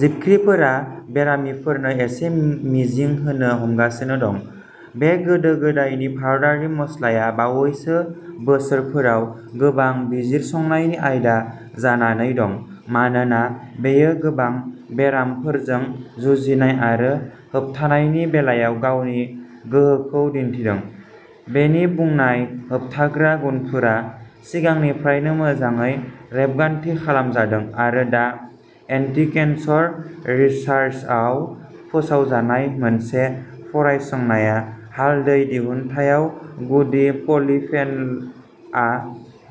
जिबख्रिफोरा बेरामिफोरनो एसे मिजिं होनो हमगासिनो दं। बे गोदो गोदायनि भारतारि मस्लाआ बावैसो बोसोरफोराव गोबां बिजिरसंनायनि आयदा जानानै दं मानोना बेयो गोबां बेरामफोरजों जुजिनाय आरो होबथानायनि बेलायाव गावनि गोहोखौ दिन्थिदों। बेनि बुंनाय होबथाग्रा गुनफोरा सिगांनिफ्रायनो मोजाङै रेबगान्थि खालामजादों आरो दा एन्टिकेन्सर रिसार्सआव फोसावजानाय मोनसे फरायसंनाया हालदै दिहुनथायाव गुदि पलिफेनलआ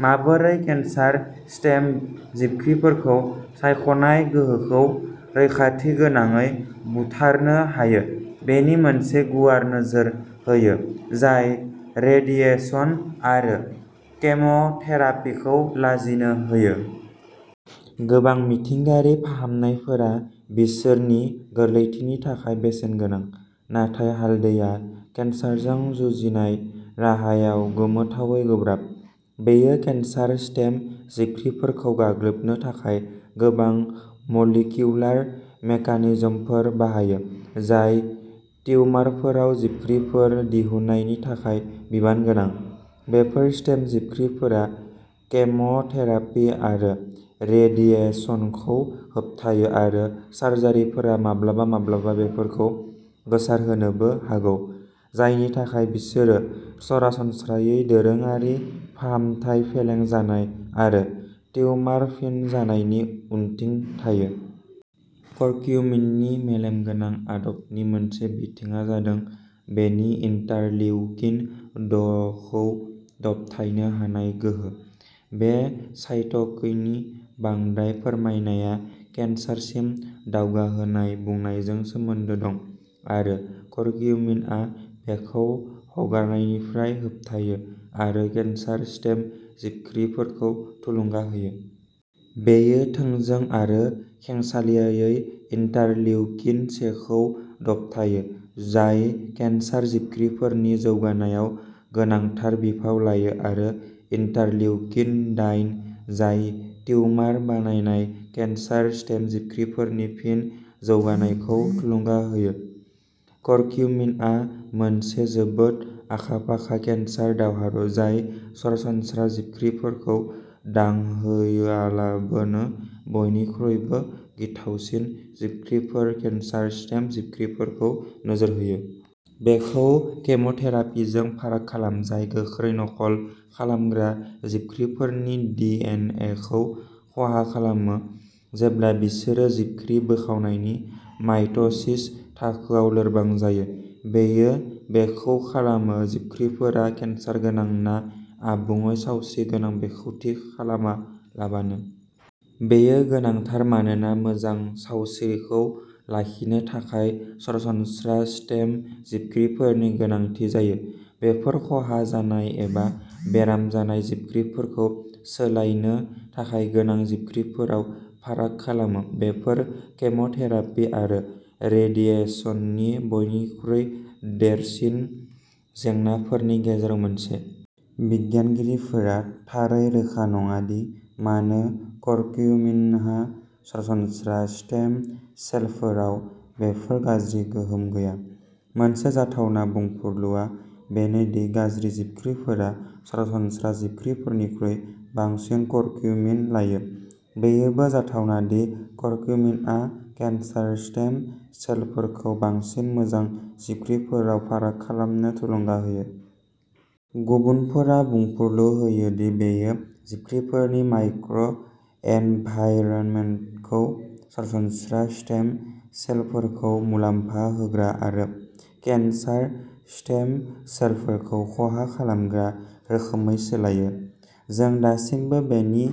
माबोरै केन्सार स्टेम जिबख्रिफोरखौ सायख'नाय गोहोखौ रैखाथिगोनाङै बुथारनो हायो बेनि मोनसे गुवार नोजोर होयो जाय रेडिएसन आरो केम'थेरापिखौ लाजिनो होयो। गोबां मिथिंगायारि फाहामनायफोरा बिसोरनि गोरलैथिनि थाखाय बेसेन गोनां, नाथाय हालदैया केन्सारजों जुजिनाय राहायाव गोमोथावै गोब्राब। बेयो केन्सार स्टेम जिबख्रिफोरखौ गाग्लोबनो थाखाय गोबां मलिकिउलार मेकानिजमफोर बाहायो, जाय टिउमारफोराव जिबख्रिफोर दिहुननायनि थाखाय बिबान गोनां। बेफोर स्टेम जिबख्रिफोरा केम'थेरापि आरो रेडिएसनखौ होबथायो आरो सार्जारिफोरा माब्लाबा माब्लाबा बेफोरखौ गोसारहोनोबो हागौ, जायनि थाखाय बिसोरो सरासनस्रायै दोरोङारि फाहामथाय फेलें जानाय आरो टिउमार फिन जानायनि उनथिं थायो। करक्यूमिननि मेलेम गोनां आदबनि मोनसे बिथिंआ जादों बेनि इन्टारलिउकिन द'खौ दबथायनो हानाय गोहो। बे साइट'किनि बांद्राय फोरमायनाया केन्सारसिम दावगाहोनाय बुनायजों सोमोन्दो दं आरो करक्यूमिनआ बेखौ हगारनायनिफ्राय होबथायो आरो केन्सार स्टेम जिबख्रिफोरखौ थुलुंगा होयो। बेयो थोंजों आरो खेंसालियायै इन्टारलिउकिन सेखौ दबथायो, जाय केन्सार जिबख्रिफोरनि जौगानायाव गोनांथार बिफाव लायो आरो इन्टारलिउकिन दाइन, जाय टिउमार बानायनाय केन्सार स्टेम जिबख्रिफोरनि फिन जौगानायखौ थुलुंगा होयो। करक्यूमिनआ मोनसे जोबोद आखा फाखा केन्सार दावहारु, जाय सरासनस्रा जिबख्रिफोरखौ दांहोआलाबानो बयनिख्रुइबो गिथावसिन जिबख्रिफोर, केन्सार स्टेम जिबख्रिफोरखौ नोजोर होयो। बेखौ केम'थेरापिजों फाराग खालाम, जाय गोख्रै नकल खालामग्रा जिबख्रिफोरनि डि एन एखौ खहा खालामो, जेब्ला बिसोरो जिबख्रि बोखावनायनि माइट'सिस थाखोआव लोरबां जायो। बेयो बेखौ खालामो जिबख्रिफोरा केन्सार गोनां ना आबुङै सावस्रिगोनां बेखौ थि खालामालाबानो। बेयो गोनांथार मानोना मोजां सावस्रिखौ लाखिनो थाखाय सरासनस्रा स्टेम जिबख्रिफोरनि गोनांथि जायो। बेफोर खहा जानाय एबा बेराम जानाय जिबख्रिफोरखौ सोलायनो थाखाय गोनां जिबख्रिफोराव फाराग खालामो, बेफोर केम'थेरापि आरो रेडिएसननि बयनिख्रुइ देरसिन जेंनाफोरनि गेजेराव मोनसे। बिगियानगिरिफोरा थारै रोखा नङा दि मानो करक्यूमिनहा सरासनस्रा स्टेम सेलफोराव बेफोर गाज्रि गोहोम गैया। मोनसे जाथावना बुंफुरलुआ बेनो दि गाज्रि जिबख्रिफोरा सरासनस्रा जिबख्रिफोरनिख्रुइ बांसिन करक्यूमिन लायो। बेयोबो जाथावना दि करक्यूमिनआ केन्सार स्टेम सेलफोरखौ बांसिन मोजां जिबख्रिफोराव फाराग खालामनो थुलुंगा होयो। गुबुनफोरा बुंफुरलु होयो दि बेयो जिबख्रिफोरनि माइक्र' एनभाइरनमेन्टखौ सरासनस्रा स्टेम सेलफोरखौ मुलाम्फा होग्रा आरो केन्सार स्टेम सेलफोरखौ खहा खालामग्रा रोखोमै सोलायो। जों दासिमबो बेनि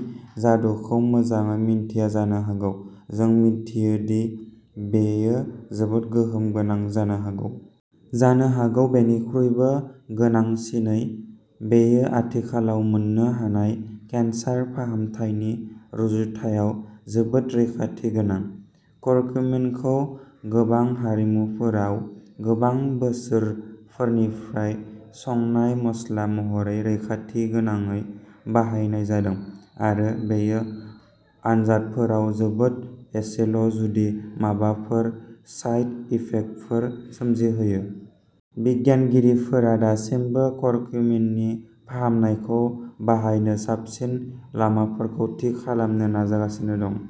जादुखौ मोजाङै मिन्थिया जानो हागौ, जों मिथियो दि बेयो जोबोद गोहोम गोनां जानो हागौ। जानो हागौ बेनिख्रुइबो गोनांसिनै, बेयो आथिखालाव मोन्नो हानाय केन्सार फाहामथायनि रुजुनायाव जोबोद रैखाथि गोनां। करक्यूमिनखौ गोबां हारिमुफोराव गोबां बोसोरफोरनिफ्राय संनाय मस्ला महरै रैखाथिगोनाङै बाहायनाय जादों आरो बेयो आनजादफोराव जोबोद एसेल', जुदि माबाफोर, साइड इफेक्टफोर सोमजिहोयो। बिगियानगिरिफोरा दासिमबो करक्यूमिननि फाहामनायखौ बाहायनो साबसिन लामाफोरखौ थि खालामनो नाजागासिनो दं।